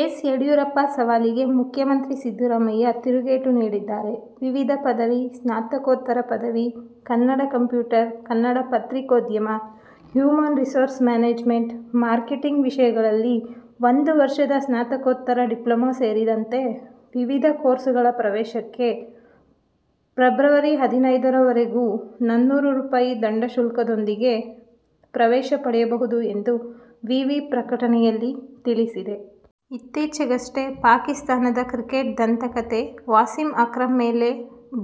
S. Yediyurappa ಸವಾಲಿಗೆ ಮುಖ್ಯಮಂತ್ರಿ ಸಿದ್ದರಾಮಯ್ಯ ತಿರುಗೇಟು ನೀಡಿದ್ದಾರೆ. ವಿವಿಧ ಪದವಿ, ಸ್ನಾತಕೋತ್ತರ ಪದವಿ, ಕನ್ನಡ ಕಂಪ್ಯೂಟರ್, ಕನ್ನಡ ಪತ್ರಿಕೋದ್ಯಮ, ಹ್ಯೂಮನ್ ರಿಸೋರ್ಸ್ ಮ್ಯಾನೇಜ್ಮೆಂಟ್, ಮಾರ್ಕೆಟಿಂಗ್ ವಿಷಯಗಳಲ್ಲಿ ಒಂದು ವರ್ಷದ ಸ್ನಾತಕೋತ್ತರ ಡಿಪ್ಲೊಮಾ ಸೇರಿದಂತೆ ವಿವಿಧ ಕೋರ್ಸುಗಳ ಪ್ರವೇಶಕ್ಕೆ ಫೆಬ್ರವರಿ ಹದಿನೈದು ರವರೆಗೂ ನನ್ನೂರು ರೂಪಾಯಿ ದಂಡಶುಲ್ಕದೊಂದಿಗೆ ಪ್ರವೇಶ ಪಡೆಯಬಹುದು ಎಂದು ವಿವಿ ಪ್ರಕಟನೆಯಲ್ಲಿ ತಿಳಿಸಿದೆ. ಇತ್ತೀಚೆಗಷ್ಟೇ ಪಾಕಿಸ್ತಾನದ ಕ್ರಿಕೆಟ್ ದಂತಕಥೆ ವಾಸಿಂ ಅಕ್ರಂ ಮೇಲೆ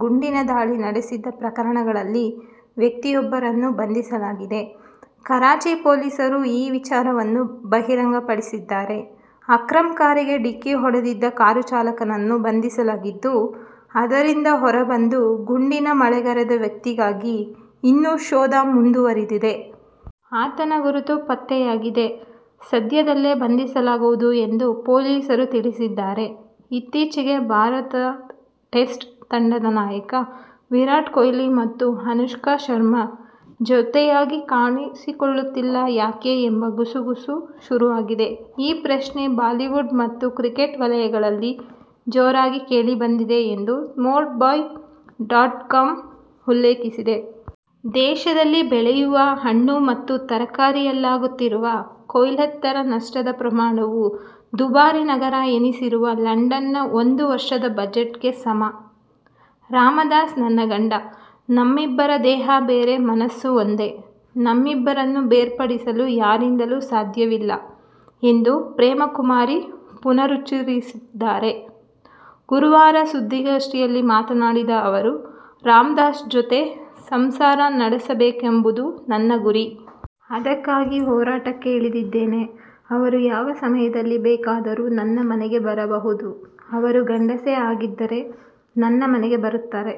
ಗುಂಡಿನ ದಾಳಿ ನಡೆಸಿದ್ದ ಪ್ರಕರಣದಲ್ಲಿ ವ್ಯಕ್ತಿಯೊಬ್ಬರನ್ನು ಬಂಧಿಸಲಾಗಿದೆ. ಕರಾಚಿ ಪೊಲೀಸರು ಈ ವಿಚಾರವನ್ನು ಬಹಿರಂಗಪಡಿಸಿದ್ದಾರೆ. ಅಕ್ರಂ ಕಾರಿಗೆ ಡಿಕ್ಕಿ ಹೊಡೆದಿದ್ದ ಕಾರು ಚಾಲಕನನ್ನು ಬಂಧಿಸಲಾಗಿದ್ದು, ಅದರಿಂದ ಹೊರಬಂದು ಗುಂಡಿನ ಮಳೆಗರೆದ ವ್ಯಕ್ತಿಗಾಗಿ ಇನ್ನೂ ಶೋಧ ಮುಂದುವರಿದಿದೆ. ಆತನ ಗುರುತು ಪತ್ತೆಯಾಗಿದೆ, ಸದ್ಯದಲ್ಲೇ ಬಂಧಿಸಲಾಗುವುದು ಎಂದು ಪೊಲೀಸರು ತಿಳಿಸಿದ್ದಾರೆ. ಇತ್ತೀಚೆಗೆ ಭಾರತ ಟೆಸ್ಟ್ ತಂಡದ ನಾಯಕ ವಿರಾಟ್ ಕೊಹ್ಲಿ ಮತ್ತು ಅನುಷ್ಕಾ ಶರ್ಮಾ ಜತೆಯಾಗಿ ಕಾಣಿಸಿಕೊಳ್ಳುತ್ತಿಲ್ಲ ಯಾಕೆ ಎಂಬ ಗುಸುಗುಸು ಶುರುವಾಗಿದೆ. ಈ ಪ್ರಶ್ನೆ ಬಾಲಿವುಡ್ ಮತ್ತು ಕ್ರಿಕೆಟ್ ವಲಯಗಳಲ್ಲಿ ಜೋರಾಗಿ ಕೇಳಿಬಂದಿದೆ ಎಂದು ನ್ಪೋರ್ಟ್ ಬಾಯ್ ಡಾಟ್ ಕಾಮ್ ಉಲ್ಲೇಖೀಸಿದೆ. ದೇಶದಲ್ಲಿ ಬೆಳೆಯುವ ಹಣ್ಣು ಮತ್ತು ತರಕಾರಿಯಲ್ಲಾಗುತ್ತಿರುವ ಕೊಯ್ಲೋತ್ತರ ನಷ್ಟದ ಪ್ರಮಾಣವು ದುಬಾರಿ ನಗರ ಎನಿಸಿರುವ ಲಂಡನ್ನ ಒಂದು ವರ್ಷದ ಬಜೆಟ್ಗೆ ಸಮ! "ರಾಮದಾಸ್ ನನ್ನ ಗಂಡ. ನಮ್ಮಿಬ್ಬರ ದೇಹ ಬೇರೆ ಮನಸ್ಸು ಒಂದೇ. ನಮ್ಮಿಬ್ಬರನ್ನು ಬೇರ್ಪಡಿಸಲು ಯಾರಿಂದಲೂ ಸಾಧ್ಯವಿಲ್ಲ' ಎಂದು ಪ್ರೇಮಕುಮಾರಿ ಪುನರುಚ್ಚರಿಸಿದ್ದಾರೆ. ಗುರುವಾರ ಸುದ್ದಿಗೋಷ್ಠಿಯಲ್ಲಿ ಮಾತನಾಡಿದ ಅವರು, ರಾಮದಾಸ್ ಜತೆ ಸಂಸಾರ ನಡೆಸಬೇಕೆಂಬುದು ನನ್ನ ಗುರಿ. ಅದಕ್ಕಾಗಿ ಹೋರಾಟಕ್ಕೆ ಇಳಿದಿದ್ದೇನೆ. ಅವರು ಯಾವ ಸಮಯದಲ್ಲಿ ಬೇಕಾದರೂ ನನ್ನ ಮನೆಗೆ ಬರಬಹುದು. ಅವರು ಗಂಡಸೇ ಆಗಿದ್ದರೆ ನನ್ನ ಮನೆಗೆ ಬರುತ್ತಾರೆ.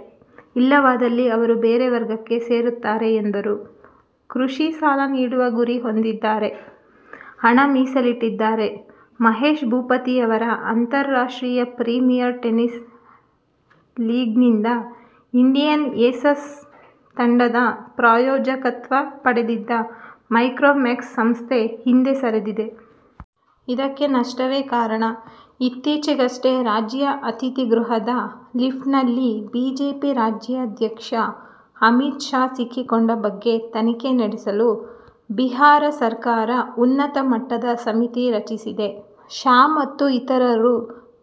ಇಲ್ಲವಾದಲ್ಲಿ ಅವರು ಬೇರೆ ವರ್ಗಕ್ಕೆ ಸೇರುತ್ತಾರೆ ಎಂದರು. ಕೃಷಿ ಸಾಲ ನೀಡುವ ಗುರಿ ಹೊಂದಿದ್ದಾರೆ. ಹಣ ಮೀಸಲಿಟ್ಟಿದ್ದಾರೆ. ಮಹೇಶ್ ಭೂಪತಿ ಅವರ ಅಂತಾರಾಷ್ಟ್ರೀಯ ಪ್ರೀಮಿಯರ್ ಟೆನಿಸ್ ಲೀಗ್ನಿಂದ ಇಂಡಿಯನ್ ಏಸಸ್ ತಂಡದ ಪ್ರಾಯೋಜಕತ್ವ ಪಡೆದಿದ್ದ ಮೈಕ್ರೋಮ್ಯಾಕ್ಸ್ ಸಂಸ್ಥೆ ಹಿಂದೆ ಸರಿದಿದೆ. ಇದಕ್ಕೆ ನಷ್ಟವೇ ಕಾರಣ. ಇತ್ತೀಚೆಗಷ್ಟೇ ರಾಜ್ಯ ಅತಿಥಿ ಗೃಹದ ಲಿಫ್ಟ್ನಲ್ಲಿ ಬಿಜೆಪಿ ರಾಷ್ಟ್ರಾಧ್ಯಕ್ಷ ಅಮಿತ್ ಶಾ ಸಿಕ್ಕಿಕೊಂಡ ಬಗ್ಗೆ ತನಿಖೆ ನಡೆಸಲು ಬಿಹಾರ ಸರ್ಕಾರ ಉನ್ನತ ಮಟ್ಟದ ಸಮಿತಿ ರಚಿಸಿದೆ. ಶಾ ಮತ್ತು ಇತರರು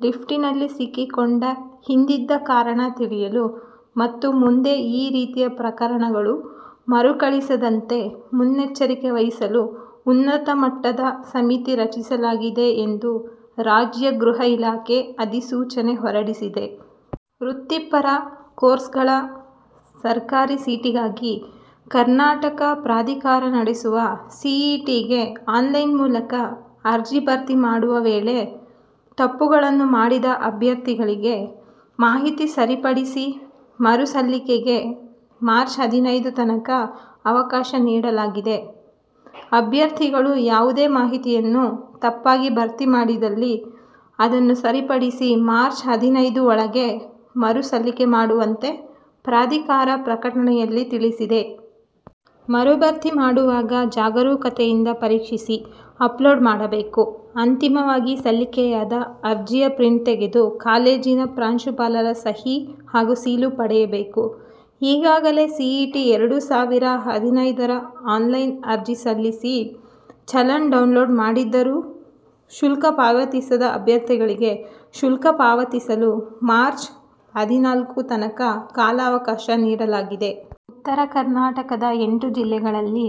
ಲಿಫ್ಟಿನಲ್ಲಿ ಸಿಕ್ಕಿಕೊಂಡ ಹಿಂದಿದ್ದ ಕಾರಣ ತಿಳಿಯಲು ಮತ್ತು ಮುಂದೆ ಈ ರೀತಿಯ ಪ್ರಕರಣಗಳು ಮರುಕಳಿಸದಂತೆ ಮುನ್ನೆಚ್ಚರಿಕೆ ವಹಿಸಲು, ಉನ್ನತ ಮಟ್ಟದ ಸಮಿತಿ ರಚಿಸಲಾಗಿದೆ ಎಂದು ರಾಜ್ಯ ಗೃಹ ಇಲಾಖೆ ಅಧಿಸೂಚನೆ ಹೊರಡಿಸಿದೆ. ವೃತ್ತಿಪರ ಕೋರ್ಸ್ಗಳ ಸರ್ಕಾರಿ ಸೀಟಿಗಾಗಿ ಕರ್ನಾಟಕ ಪ್ರಾಧಿಕಾರ ನಡೆಸುವ ಸಿಇಟಿಗೆ ಆನ್ಲೈನ್ ಮೂಲಕ ಅರ್ಜಿ ಭರ್ತಿ ಮಾಡುವ ವೇಳೆ ತಪ್ಪುಗಳನ್ನು ಮಾಡಿದ ಅಭ್ಯರ್ಥಿಗಳಿಗೆ ಮಾಹಿತಿ ಸರಿಪಡಿಸಿ ಮರು ಸಲ್ಲಿಕೆಗೆ ಮಾರ್ಚ್ ಹದಿನೈದು ತನಕ ಅವಕಾಶ ನೀಡಲಾಗಿದೆ. ಅಭ್ಯರ್ಥಿಗಳು ಯಾವುದೇ ಮಾಹಿತಿಯನ್ನು ತಪ್ಪಾಗಿ ಭರ್ತಿ ಮಾಡಿದ್ದಲ್ಲಿ ಅದನ್ನು ಸರಿಪಡಿಸಿ ಮಾರ್ಚ್ ಹದಿನೈದು ಒಳಗೆ ಮರು ಸಲ್ಲಿಕೆ ಮಾಡುವಂತೆ ಪ್ರಾಧಿಕಾರ ಪ್ರಕಟಣೆಯಲ್ಲಿ ತಿಳಿಸಿದೆ. ಮರುಭರ್ತಿ ಮಾಡುವಾಗ ಜಾಗರೂಕತೆಯಿಂದ ಪರೀಕ್ಷಿಸಿ, ಅಪ್ಲೋಡ್ ಮಾಡಬೇಕು. ಅಂತಿಮವಾಗಿ ಸಲ್ಲಿಕೆಯಾದ ಅರ್ಜಿಯ ಪ್ರಿಂಟ್ ತೆಗೆದು, ಕಾಲೇಜಿನ ಪ್ರಾಂಶುಪಾಲರ ಸಹಿ ಹಾಗೂ ಸೀಲು ಪಡೆಯಬೇಕು. ಈಗಾಗಲೇ ಸಿಇಟಿ-ಎರಡು ಸಾವಿರ ಹದಿನೈದು ರ ಆನ್ಲೈನ್ ಅರ್ಜಿ ಸಲ್ಲಿಸಿ, ಚಲನ್ ಡೌನ್ಲೋಡ್ ಮಾಡಿದ್ದರೂ ಶುಲ್ಕ ಪಾವತಿಸದ ಅಭ್ಯರ್ಥಿಗಳಿಗೆ ಶುಲ್ಕ ಪಾವತಿಸಲು ಮಾರ್ಚ್ರ ಹದಿನಾಲ್ಕು ತನಕ ಕಾಲಾವಕಾಶ ನೀಡಲಾಗಿದೆ. ಉತ್ತರ ಕರ್ನಾಟಕದ ಎಂಟು ಜಿಲ್ಲೆಗಳಲ್ಲಿ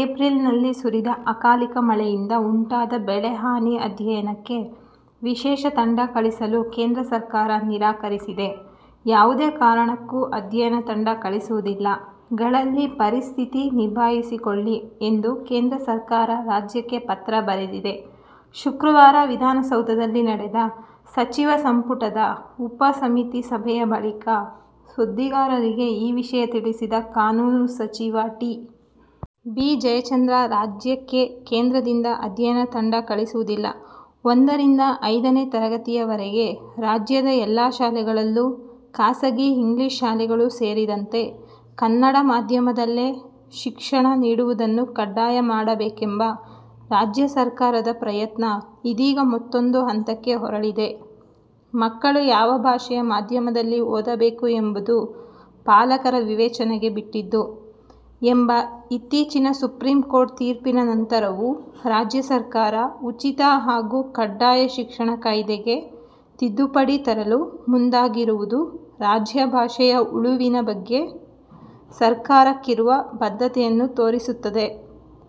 ಏಪ್ರಿಲ್ನಲ್ಲಿ ಸುರಿದ ಅಕಾಲಿಕ ಮಳೆಯಿಂದ ಉಂಟಾದ ಬೆಳೆ ಹಾನಿ ಅಧ್ಯಯನಕ್ಕೆ ವಿಶೇಷ ತಂಡ ಕಳಿಸಲು ಕೇಂದ್ರ ಸರ್ಕಾರ ನಿರಾಕರಿಸಿದೆ. ಯಾವುದೇ ಕಾರಣಕ್ಕೂ ಅಧ್ಯಯನ ತಂಡ ಕಳಿಸುವುದಿಲ್ಲ. ಗಳಲ್ಲಿ ಪರಿಸ್ಥಿತಿ ನಿಭಾಯಿಸಿಕೊಳ್ಳಿ ಎಂದು ಕೇಂದ್ರ ಸರ್ಕಾರ ರಾಜ್ಯಕ್ಕೆ ಪತ್ರ ಬರೆದಿದೆ. ಶುಕ್ರವಾರ ವಿಧಾನಸೌಧದಲ್ಲಿ ನಡೆದ ಸಚಿವ ಸಂಪುಟದ ಉಪ ಸಮಿತಿ ಸಭೆಯ ಬಳಿಕ ಸುದ್ದಿಗಾರರಿಗೆ ಈ ವಿಷಯ ತಿಳಿಸಿದ ಕಾನೂನು ಸಚಿವ ಟಿ. ಬಿ. ಜಯಚಂದ್ರ, ರಾಜ್ಯಕ್ಕೆ ಕೇಂದ್ರದಿಂದ ಅಧ್ಯಯನ ತಂಡ ಕಳಿಸುವುದಿಲ್ಲ. ಒಂದರಿಂದ ಐದನೇ ತರಗತಿಯವರೆಗೆ ರಾಜ್ಯದ ಎಲ್ಲಾ ಶಾಲೆಗಳಲ್ಲೂ, ಖಾಸಗಿ ಇಂಗ್ಲಿಷ್ ಶಾಲೆಗಳೂ ಸೇರಿದಂತೆ, ಕನ್ನಡ ಮಾಧ್ಯಮದಲ್ಲೇ ಶಿಕ್ಷಣ ನೀಡುವುದನ್ನು ಕಡ್ಡಾಯ ಮಾಡಬೇಕೆಂಬ ರಾಜ್ಯ ಸರ್ಕಾರದ ಪ್ರಯತ್ನ ಇದೀಗ ಮತ್ತೂಂದು ಹಂತಕ್ಕೆ ಹೊರಳಿದೆ. ಮಕ್ಕಳು ಯಾವ ಭಾಷೆಯ ಮಾಧ್ಯಮದಲ್ಲಿ ಓದಬೇಕು ಎಂಬುದು ಪಾಲಕರ ವಿವೇಚನೆಗೆ ಬಿಟ್ಟಿದ್ದು ಎಂಬ ಇತ್ತೀಚಿನ ಸುಪ್ರೀಂಕೋರ್ಟ್ ತೀರ್ಪಿನ ನಂತರವೂ ರಾಜ್ಯ ಸರ್ಕಾರ ಉಚಿತ ಹಾಗೂ ಕಡ್ಡಾಯ ಶಿಕ್ಷಣ ಕಾಯ್ದೆಗೆ ತಿದ್ದುಪಡಿ ತರಲು ಮುಂದಾಗಿರುವುದು ರಾಜ್ಯಭಾಷೆಯ ಉಳಿವಿನ ಬಗ್ಗೆ ಸರ್ಕಾರಕ್ಕಿರುವ ಬದ್ಧತೆಯನ್ನು ತೋರಿಸುತ್ತದೆ.